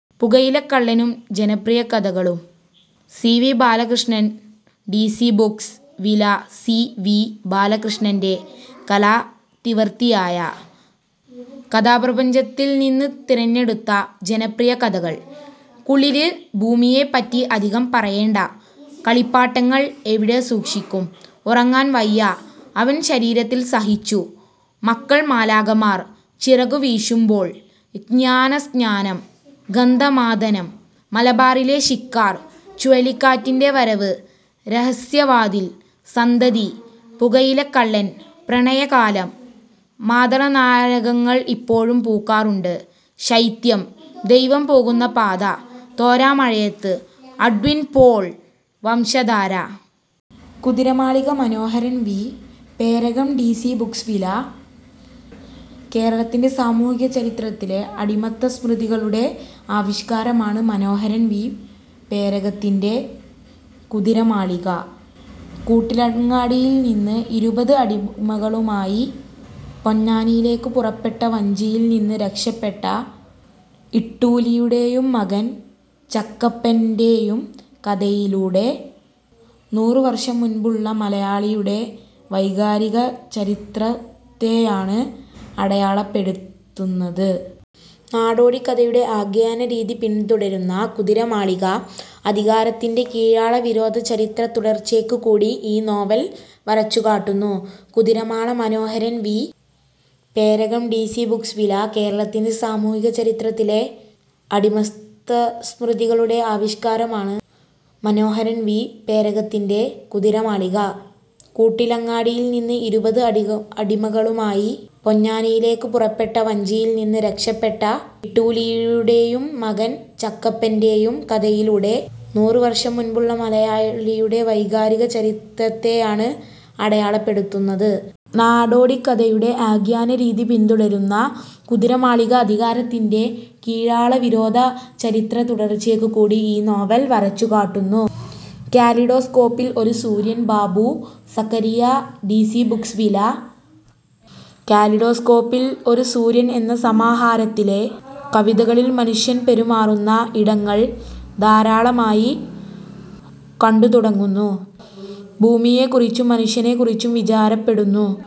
പുകയിലക്കള്ളനും ജനപ്രിയകഥകളും C. V. Balakrishnan D C Books വില: C. V. ബാലകൃഷ്ണന്റെ കാലാതിവർത്തിയായ കഥാപ്രപഞ്ചത്തിൽ നിന്ന് തിരഞ്ഞെടുത്ത ജനപ്രിയകഥകള്. കുളിര്, ഭൂമിയെപ്പറ്റി അധികം പറയേണ്ട, കളിപ്പാട്ടങ്ങൾ എവിടെ സൂക്ഷിക്കും, ഉറങ്ങാൻ വയ്യ, അവൻ ശരീരത്തിൽ സഹിച്ചു, മക്കൾ, മാലാഖമാർ ചിറകുവീശുമ്പോൾ, ജ്ഞാനസ്നാനം, ഗന്ധമാദനം, മലബാറിലെ ശിക്കാർ, ചുഴലിക്കാറ്റിൻ്റെ വരവ്, രഹസ്യവാതിൽ, സന്തതി, പുകയിലക്കള്ളൻ, പ്രണയകാലം, മാതളനാരകങ്ങൾ ഇപ്പോഴും പൂക്കാറുണ്ട്, ശൈത്യം, ദൈവം പോകുന്ന പാത, തോരാമഴയത്ത്, Edwin Paul, Vamsadhara. Kuthiramalika Manoharan V. Perakam D C Books വില: കേരളത്തിന്റെ സാമൂഹിക ചരിത്രത്തിലെ അടിമത്തസ്മൃതികളുടെ ആവിഷ്കാരമാണ് മനോഹരൻ വി. പേരകത്തിന്റെ 'കുതിരമാളിക'. കൂട്ടിലങ്ങാടിയിൽനിന്ന് ഇരുപത് അടിമകളുമായി പൊന്നാനിയിലേക്ക് പുറപ്പെട്ട വഞ്ചിയിൽനിന്ന് രക്ഷപ്പെട്ട ഇട്ടൂലിയുടെയും മകൻ ചക്കപ്പൻ്റെയും കഥയിലൂടെ, നൂറു വർഷം മുമ്പുള്ള മലയാളിയുടെ വൈകാരിക ചരിത്രത്തെയാണ് അടയാളപ്പെടുത്തുന്നത്. നാടോടിക്കഥയുടെ ആഖ്യാനരീതി പിന്തുടരുന്ന 'കുതിരമാളിക', അധികാരത്തിന്റെ കീഴാളവിരോധ ചരിത്രത്തുടർച്ചയെക്കൂടി ഈ നോവൽ വരച്ചുകാട്ടുന്നു. Kuthiramalika Manoharan V. Perakam D C Books വില: കേരളത്തിന്റെ സാമൂഹിക ചരിത്രത്തിലെ അടിമത്തസ്മൃതികളുടെ ആവിഷ്കാരമാണ് മനോഹരൻ വി. പേരകത്തിന്റെ 'കുതിരമാളിക'. കൂട്ടിലങ്ങാടിയിൽനിന്ന് ഇരുപത് അടിമകളുമായി പൊന്നാനിയിലേക്ക് പുറപ്പെട്ട വഞ്ചിയിൽനിന്ന് രക്ഷപ്പെട്ട ഇട്ടൂലിയുടെയും മകൻ ചക്കപ്പൻ്റെയും കഥയിലൂടെ, നൂറു വർഷം മുമ്പുള്ള മലയാളിയുടെ വൈകാരിക ചരിത്രത്തെയാണ് അടയാളപ്പെടുത്തുന്നത്. നാടോടിക്കഥയുടെ ആഖ്യാനരീതി പിന്തുടരുന്ന 'കുതിരമാളിക', അധികാരത്തിന്റെ കീഴാളവിരോധ ചരിത്രത്തുടർച്ചയെക്കൂടി ഈ നോവൽ വരച്ചുകാട്ടുന്നു. കാലിഡോസ്കോപ്പിൽ ഒരു സൂര്യൻ Babu Zacharia D C Books വില: ''കാലിഡോസ്കോപ്പിൽ ഒരു സൂര്യൻ എന്ന സമാഹാരത്തിലെ കവിതകളിൽ മനുഷ്യർ പെരുമാറുന്ന ഇടങ്ങൾ ധാരാളമായി കണ്ടുതുടങ്ങുന്നു. ഭൂമിയെക്കുറിച്ചും മനുഷ്യനെക്കുറിച്ചും വിചാരപ്പെടുന്നു.